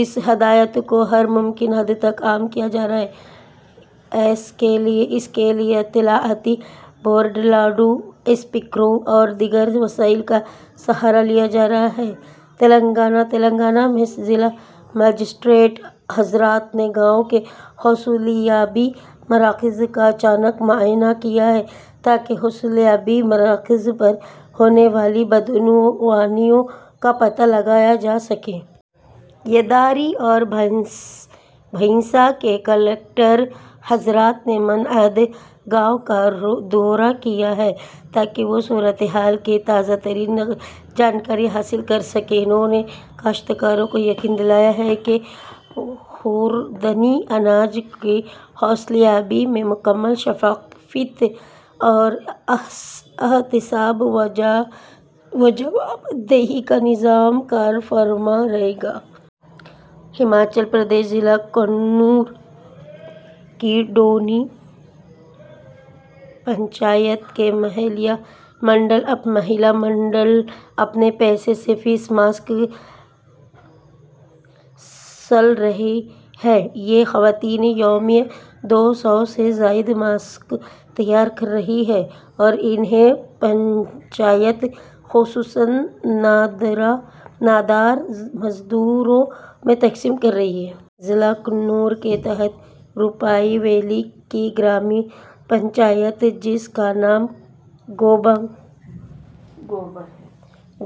اس ہدایت کو ہر ممکن حد تک عام کیا جا رہا ہے۔ اس کے لیے اطلاعاتی بورڈ، لاؤڈ اسپیکروں اور دیگر وسائل کا سہارا لیا جا رہا ہے۔ تلنگانہ: تلنگانہ میں ضلع مجسٹریٹ حضرات نے گاؤں کے حصولیابی مراکز کا اچانک معائنہ کیا ہے، تاکہ حصولیابی مراکز پر ہونے والی بدعنوانیوں کا پتہ لگایا جا سکے۔ یداری اور بھینسا کے کلکٹر حضرات نے متعدد گاؤں کا دورہ کیا ہے، تاکہ وہ صورتحال کی تازہ ترین جانکاری حاصل کر سکیں۔ انہوں نے کاشتکاروں کو یقین دلایا ہے کہ خوردنی اناج کی حصولیابی میں مکمل شفافیت اور احتساب و جواب دہی کا نظام کارفرما رہے گا۔ ہماچل پردیش: ضلع کنّور کی دُونی پنچایت کے مہیلا منڈل اپنے پیسے سے فیس ماسک سل رہے ہیں۔ یہ خواتین یومیہ دو سو سے زائد ماسک تیار کر رہی ہیں اور انہیں پنچایت، خصوصاً نادار مزدوروں میں تقسیم کر رہی ہیں۔ ضلع کنّور کے تحت روپا ویلی کی گرام پنچایت، جس کا نام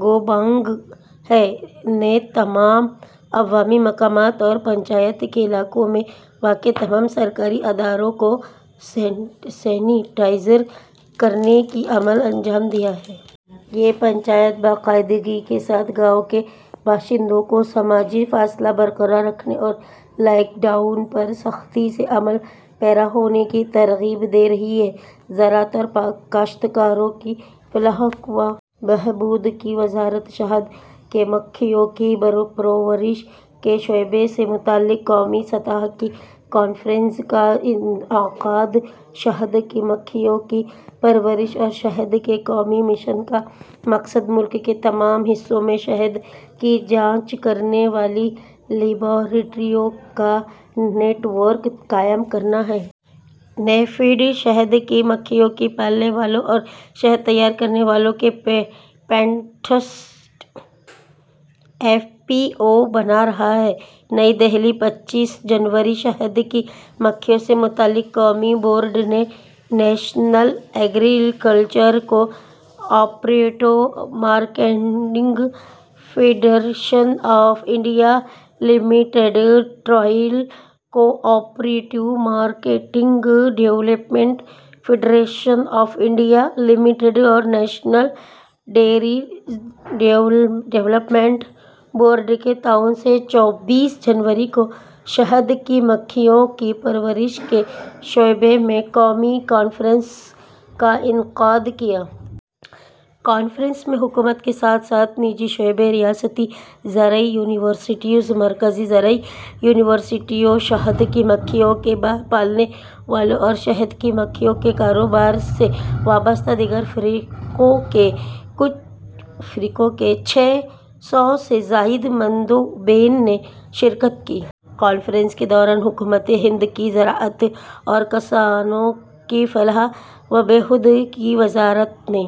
گوبانگ ہے، نے تمام عوامی مقامات اور پنچایت کے علاقے میں واقع تمام سرکاری اداروں کو سینیٹائز کرنے کا عمل انجام دیا ہے۔ یہ پنچایت باقاعدگی کے ساتھ گاؤں کے باشندوں کو سماجی فاصلہ برقرار رکھنے اور لاک ڈاؤن پر سختی سے عمل پیرا ہونے کی ترغیب دے رہی ہے۔ زراعت اور کاشتکاروں کی فلاح و بہبود کی وزارت شہد کی مکھیوں کی پرورش کے شعبے سے متعلق قومی سطح کی کانفرنس کا انعقاد شہد کی مکھیوں کی پرورش اور شہد کے قومی مشن کا مقصد ملک کے تمام حصوں میں شہد کی جانچ کرنے والی لیبارٹریوں کا نیٹ ورک قائم کرنا ہے۔ نیفیڈ شہد کی مکھیوں کے پالنے والوں اور شہد تیار کرنے والوں کے پینسٹھ ایف پی او بنا رہا ہے۔ نئی دہلی، پچیس جنوری: شہد کی مکھیوں سے متعلق قومی بورڈ نے national agricultural cooperative marketing federation of India limited, tribal cooperative marketing development federation of India limited اور نیشنل ڈیری ڈیولپمنٹ بورڈ کے تعاون سے چوبیس جنوری کو شہد کی مکھیوں کی پرورش کے شعبے میں قومی کانفرنس کا انعقاد کیا۔ کانفرنس میں حکومت کے ساتھ ساتھ نجی شعبے، ریاستی زرعی یونیورسٹیوں، مرکزی زرعی یونیورسٹیوں، شہد کی مکھیوں کے پالنے والوں اور شہد کی مکھیوں کے کاروبار سے وابستہ دیگر فریقوں کے چھ سو سے زائد مندوبین نے شرکت کی۔ کانفرنس کے دوران حکومتِ ہند کی زراعت اور کسانوں کی فلاح و بہبود کی وزارت نے